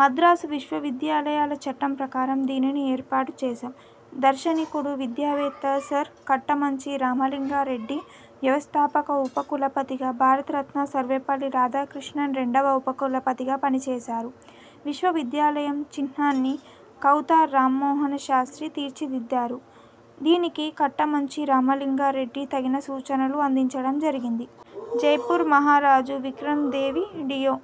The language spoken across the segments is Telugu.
మద్రాసు విశ్వవిద్యాలయాల చట్టం ప్రకారం దీనిని ఏర్పాటు చేశారు. దార్శనికుడు, విద్యావేత్త సర్ కట్టమంచి రామలింగారెడ్డి వ్యవస్థాపక ఉపకులపతిగా, భారతరత్న సర్వేపల్లి రాధాకృష్ణన్ రెండవ ఉపకులపతిగా పనిచేసారు. విశ్వవిద్యాలయం చిహ్నాన్ని కౌతా రామమోహన శాస్ర్తి తీర్చిదిద్దారు. దీనికి కట్టమంచి రామలింగారెడ్డి తగిన సూచనలు అందించడం జరిగింది. జైపూర్ మహారాజు విక్రమ్ దేవ్ డియో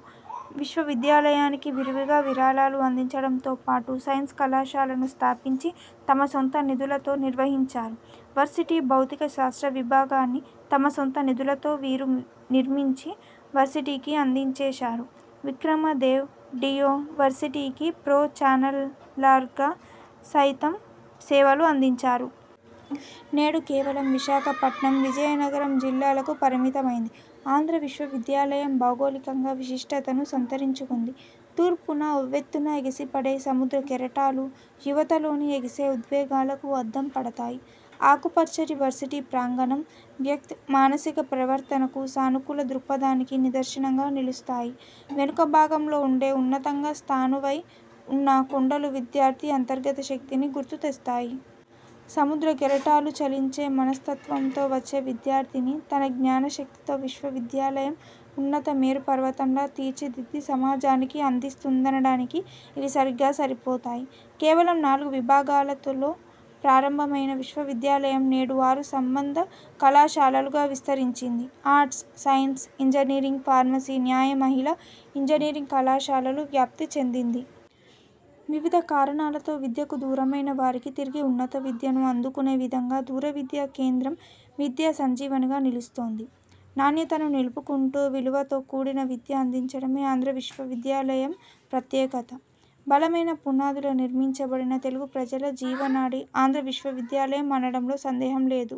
విశ్వవిద్యాలయానికి విరివిగా విరాళాలు అందించడంతో పాటు సైన్స్ కళాశాలను స్థాపించి, తమ సొంత నిధులతో నిర్వహించారు. వర్సిటీ భౌతిక శాస్త్ర విభాగాన్ని తమ సొంత నిధులతో వీరు నిర్మించి వర్సిటీకి అందజేశారు. విక్రమ్ దేవ్ డియో వర్సిటీకి ప్రో చాన్సలర్గా సైతం సేవలు అందించారు. నేడు కేవలం విశాఖపట్నం, విజయనగరం జిల్లాలకు పరిమితమైంది. ఆంధ్ర విశ్వవిద్యాలయం భౌగోళికంగా విశిష్టతను సంతరించుకుంది. తూర్పున ఉవ్వెత్తున ఎగిసిపడే సముద్రకెరటాలు యువతలోని ఎగిసే ఉద్వేగాలకు అద్దంపడతాయి. ఆకుపచ్చని వర్సిటీ ప్రాంగణం వ్యక్తి్ మానసిక పరివర్తనకు, సానుకూల దృక్పథానికి నిదర్శనంగా నిలుస్తాయి. వెనుక భాగంలో ఉండే ఉన్నతంగా స్థాణువై ఉన్న కొండలు విద్యార్థి అంతర్గత శక్తిని గుర్తుతెస్తాయి. సముద్ర కెరటాలు చలించే మనస్తత్వంతో వచ్చే విద్యార్థిని తన జ్ఞానశక్తితో విశ్వవిద్యాలయం ఉన్నత మేరుపర్వతంలా తీర్చిదిద్ది సమాజానికి అందిస్తుందనడానికి ఇవి సరిగ్గా సరిపోతాయి. కేవలం నాలుగు విభాగాలతో ప్రారంభమైన విశ్వవిద్యాలయం నేడు ఆరు అనుబంధ కళాశాలలుగా విస్తరించింది. ఆర్ట్స్, సైన్స్, ఇంజనీరింగ్, ఫార్మసీ, న్యాయ, మహిళా ఇంజనీరింగ్ కళాశాలలుగా వ్యాప్తిచెందింది. వివిధ కారణాలతో విద్యకు దూరమైన వారికి తిరిగి ఉన్నత విద్యను అందుకునే విదంగా దూరవిద్య కేంద్రం విద్యా సంజీవనిగా నిలుస్తోంది. నాణ్యతను నిలుపుకుంటూ, విలువలతో కూడిన విద్య అందించడమే ఆంధ్ర విశ్వవిద్యాలయం ప్రత్యేకత. బలమైన పునాదులపై నిర్మించబడిన తెలుగు ప్రజల జీవనాడి ఆంధ్ర విశ్వవిద్యాలయం అనడంలో సందేహం లేదు.